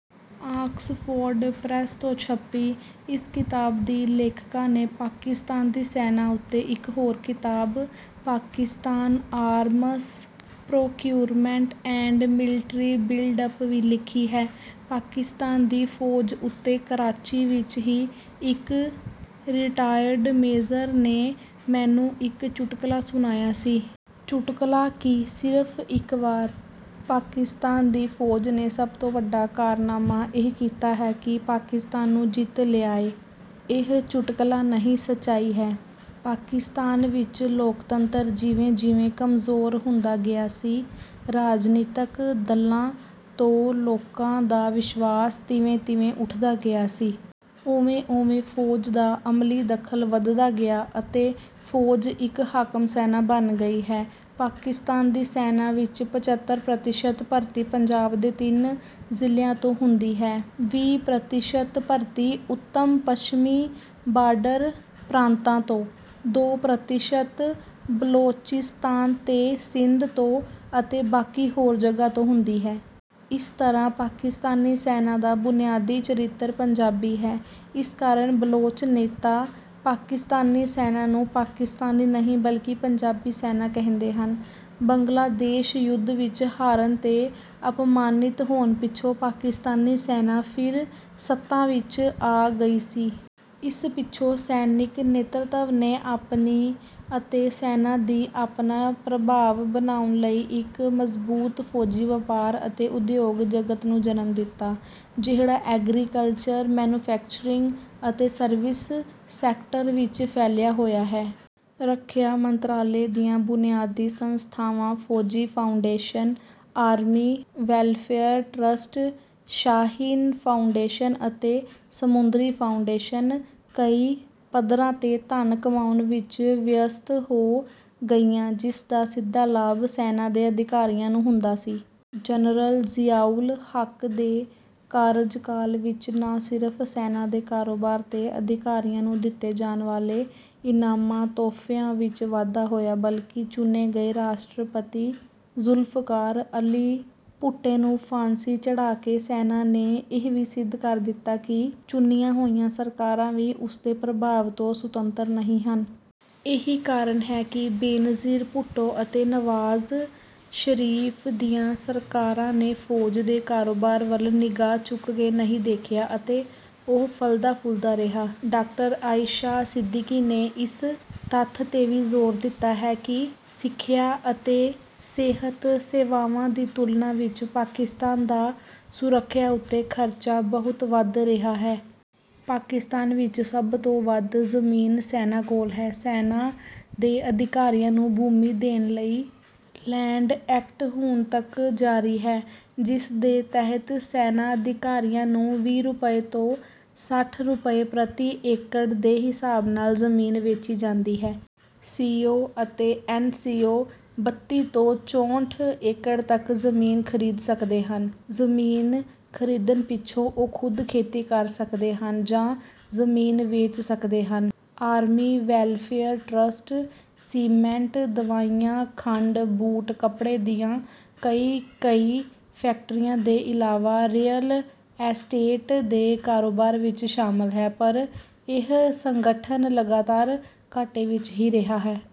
Oxford Press ਤੋਂ ਛਪੀ ਇਸ ਕਿਤਾਬ ਦੀ ਲੇਖਕਾ ਨੇ ਪਾਕਿਸਤਾਨ ਦੀ ਸੈਨਾ ਉੱਤੇ ਇਕ ਹੋਰ ਕਿਤਾਬ ‘Pakistan arms procurement and military buildup' ਵੀ ਲਿਖੀ ਹੈ। ਪਾਕਿਸਤਾਨ ਦੀ ਫੌਜ ਉੱਤੇ ਕਰਾਚੀ ਵਿਚ ਹੀ ਇਕ ਰਿਟਾਇਰਡ ਮੇਜਰ ਨੇ ਮੈਨੂੰ ਇਕ ਚੁਟਕਲਾ ਸੁਣਾਇਆ ਸੀ। ਚੁਟਕਲਾ ਕੀ, ਸਿਰਫ਼ ਇਕ ਵਾਕ—‘ਪਾਕਿਸਤਾਨ ਦੀ ਫੌਜ ਨੇ ਸਭ ਤੋਂ ਵੱਡਾ ਕਾਰਨਾਮਾ ਇਹ ਕੀਤਾ ਹੈ ਕਿ ਪਾਕਿਸਤਾਨ ਨੂੰ ਜਿੱਤ ਲਿਆ ਏ।’ ਇਹ ਚੁਟਕਲਾ ਨਹੀਂ, ਸੱਚਾਈ ਹੈ। ਪਾਕਿਸਤਾਨ ਵਿਚ ਲੋਕਤੰਤਰ ਜਿਵੇਂ-ਜਿਵੇਂ ਕਮਜ਼ੋਰ ਹੁੰਦਾ ਗਿਆ ਸੀ, ਰਾਜਨੀਤਕ ਦਲਾਂ ਤੋਂ ਲੋਕਾਂ ਦਾ ਵਿਸ਼ਵਾਸ ਤਿਵੇਂ-ਤਿਵੇਂ ਉੱਠਦਾ ਗਿਆ ਸੀ। ਓਵੇਂ-ਓਵੇਂ ਫੌਜ ਦਾ ਅਮਲੀ ਦਖ਼ਲ ਵਧਦਾ ਗਿਆ ਅਤੇ ਫੌਜ ਇਕ ਹਾਕਮ-ਸੈਨਾ ਬਣ ਗਈ ਹੈ। ਪਾਕਿਸਤਾਨ ਦੀ ਸੈਨਾ ਵਿਚ ਪਚੱਤਰ ਪ੍ਰਤੀਸ਼ਤ ਭਰਤੀ ਪੰਜਾਬ ਦੇ ਤਿੰਨ ਜ਼ਿਲ੍ਹਿਆਂ ਤੋਂ ਹੁੰਦੀ ਹੈ। ਵੀਹ ਪ੍ਰਤੀਸ਼ਤ ਭਰਤੀ ਉੱਤਰ-ਪੱਛਮੀ ਬਾਰਡਰ ਪ੍ਰਾਂਤਾਂ ਤੋਂ, ਦੋ ਪ੍ਰਤੀਸ਼ਤ ਬਲੋਚਿਸਤਾਨ ਤੇ ਸਿੰਧ ਤੋਂ ਅਤੇ ਬਾਕੀ ਹੋਰ ਜਗ੍ਹਾਂ ਤੋਂ ਹੁੰਦੀ ਹੈ। ਇਸ ਤਰ੍ਹਾਂ ਪਾਕਿਸਤਾਨੀ ਸੈਨਾ ਦਾ ਬੁਨਿਆਦੀ ਚਰਿੱਤਰ ਪੰਜਾਬੀ ਹੈ। ਇਸ ਕਾਰਨ ਬਲੋਚ ਨੇਤਾ ਪਾਕਿਸਤਾਨੀ ਸੈਨਾ ਨੂੰ ਪਾਕਿਸਤਾਨੀ ਨਹੀਂ, ਬਲਕਿ ਪੰਜਾਬੀ ਸੈਨਾ ਕਹਿੰਦੇ ਹਨ। ਬੰਗਲਾਦੇਸ਼ ਯੁੱਧ ਵਿਚ ਹਾਰਨ ਤੇ ਅਪਮਾਨਿਤ ਹੋਣ ਪਿੱਛੋਂ ਪਾਕਿਸਤਾਨੀ ਸੈਨਾ ਫਿਰ ਸੱਤਾ ਵਿਚ ਆ ਗਈ ਸੀ। ਇਸ ਪਿੱਛੋਂ ਸੈਨਿਕ ਨੇਤ੍ਰਤਵ ਨੇ ਆਪਣੀ ਅਤੇ ਸੈਨਾ ਦੀ ਆਪਣਾ ਪ੍ਰਭਾਵ ਬਣਾਉਣ ਲਈ ਇਕ ਮਜ਼ਬੂਤ ਫੌਜੀ ਵਪਾਰ ਅਤੇ ਉਦਯੋਗ ਜਗਤ ਨੂੰ ਜਨਮ ਦਿੱਤਾ, ਜਿਹੜਾ ਐਗਰੀਕਲਚਰ, ਮੈਨੂਫੈਕਚਰਿੰਗ ਅਤੇ ਸਰਵਿਸ ਸੈਕਟਰ ਵਿਚ ਫੈਲਿਆ ਹੋਇਆ ਹੈ। ਰੱਖਿਆ ਮੰਤਰਾਲੇ ਦੀਆਂ ਬੁਨਿਆਦੀ ਸੰਸਥਾਵਾਂ Fauji Foundation, Army Welfare Trust, Shaheen Foundation ਅਤੇ ਸਮੁੰਦਰੀ ਫਾਊਂਡੇਸ਼ਨ ਕਈ ਪੱਧਰਾਂ ’ਤੇ ਧਨ ਕਮਾਉਣ ਵਿਚ ਵਿਅਸਤ ਹੋ ਗਈਆਂ, ਜਿਸ ਦਾ ਸਿੱਧਾ ਲਾਭ ਸੈਨਾ ਦੇ ਅਧਿਕਾਰੀਆਂ ਨੂੰ ਹੁੰਦਾ ਸੀ। ਜਨਰਲ ਜ਼ਿਆਉਲ ਹੱਕ ਦੇ ਕਾਰਜਕਾਲ ਵਿਚ ਨਾ ਸਿਰਫ਼ ਸੈਨਾ ਦੇ ਕਾਰੋਬਾਰ ਤੇ ਅਧਿਕਾਰੀਆਂ ਨੂੰ ਦਿੱਤੇ ਜਾਣ ਵਾਲੇ ਇਨਾਮਾਂ-ਤੋਹਫ਼ਿਆਂ ਵਿਚ ਵਾਧਾ ਹੋਇਆ, ਬਲਕਿ ਚੁਣੇ ਗਏ ਰਾਸ਼ਟਰਪਤੀ ਜ਼ੁਲਫ਼ਕਾਰ ਅਲੀ ਭੁੱਟੋ ਨੂੰ ਫਾਂਸੀ ਚੜ੍ਹਾ ਕੇ ਸੈਨਾ ਨੇ ਇਹ ਵੀ ਸਿੱਧ ਕਰ ਦਿੱਤਾ ਕਿ ਚੁਣੀਆਂ ਹੋਈਆਂ ਸਰਕਾਰਾਂ ਵੀ ਉਸਦੇ ਪ੍ਰਭਾਵ ਤੋਂ ਸੁਤੰਤਰ ਨਹੀਂ ਹਨ। ਇਹੀ ਕਾਰਨ ਹੈ ਕਿ ਬੇਨਜ਼ੀਰ ਭੁੱਟੋ ਅਤੇ ਨਵਾਜ਼ ਸ਼ਰੀਫ਼ ਦੀਆਂ ਸਰਕਾਰਾਂ ਨੇ ਫੌਜ ਦੇ ਕਾਰੋਬਾਰ ਵੱਲ ਨਿਗਾਹ ਚੁੱਕ ਕੇ ਨਹੀਂ ਦੇਖਿਆ ਅਤੇ ਉਹ ਫਲਦਾ-ਫੁੱਲਦਾ ਰਿਹਾ। ਡਾਕਟਰ ਆਇਸ਼ਾ ਸਿੱਦੀਕੀ ਨੇ ਇਸ ਤੱਥ ’ਤੇ ਵੀ ਜ਼ੋਰ ਦਿੱਤਾ ਹੈ ਕਿ ਸਿੱਖਿਆ ਅਤੇ ਸਿਹਤ ਸੇਵਾਵਾਂ ਦੀ ਤੁਲਨਾ ਵਿਚ ਪਾਕਿਸਤਾਨ ਦਾ ਸੁਰੱਖਿਆ ਉੱਤੇ ਖਰਚਾ ਬਹੁਤ ਵੱਧ ਰਿਹਾ ਹੈ। ਪਾਕਿਸਤਾਨ ਵਿਚ ਸਭ ਤੋਂ ਵੱਧ ਜ਼ਮੀਨ ਸੈਨਾ ਕੋਲ ਹੈ। ਸੈਨਾ ਦੇ ਅਧਿਕਾਰੀਆਂ ਨੂੰ ਭੂਮੀ ਦੇਣ ਲਈ ਲੈਂਡ ਐਕਟ ਹੁਣ ਤੱਕ ਜਾਰੀ ਹੈ, ਜਿਸ ਦੇ ਤਹਿਤ ਸੈਨਾ ਅਧਿਕਾਰੀਆਂ ਨੂੰ ਵੀਹ ਰੁਪਏ ਤੋਂ ਸੱਠ ਰੁਪਏ ਪ੍ਰਤੀ ਏਕੜ ਦੇ ਹਿਸਾਬ ਨਾਲ ਜ਼ਮੀਨ ਵੇਚੀ ਜਾਂਦੀ ਹੈ। ਸੀ.ਓ. ਅਤੇ ਐਨ.ਸੀ.ਓ. ਬੱਤੀ ਤੋਂ ਚੌਂਹਠ ਏਕੜ ਤੱਕ ਜ਼ਮੀਨ ਖਰੀਦ ਸਕਦੇ ਹਨ। ਜ਼ਮੀਨ ਖਰੀਦਣ ਪਿੱਛੋਂ ਉਹ ਖ਼ੁਦ ਖੇਤੀ ਕਰ ਸਕਦੇ ਹਨ ਜਾਂ ਜ਼ਮੀਨ ਵੇਚ ਸਕਦੇ ਹਨ। ‘ਆਰਮੀ ਵੈਲਫੇਅਰ ਟਰਸਟ’ ਸੀਮੈਂਟ, ਦਵਾਈਆਂ, ਖੰਡ, ਬੂਟ, ਕੱਪੜੇ ਦੀਆਂ ਕਈ-ਕਈ ਫੈਕਟਰੀਆਂ ਦੇ ਇਲਾਵਾ ‘ਰੀਅਲ ਐਸਟੇਟ’ ਦੇ ਕਾਰੋਬਾਰ ਵਿਚ ਸ਼ਾਮਲ ਹੈ, ਪਰ ਇਹ ਸੰਗਠਨ ਲਗਾਤਾਰ ਘਾਟੇ ਵਿਚ ਹੀ ਰਿਹਾ ਹੈ।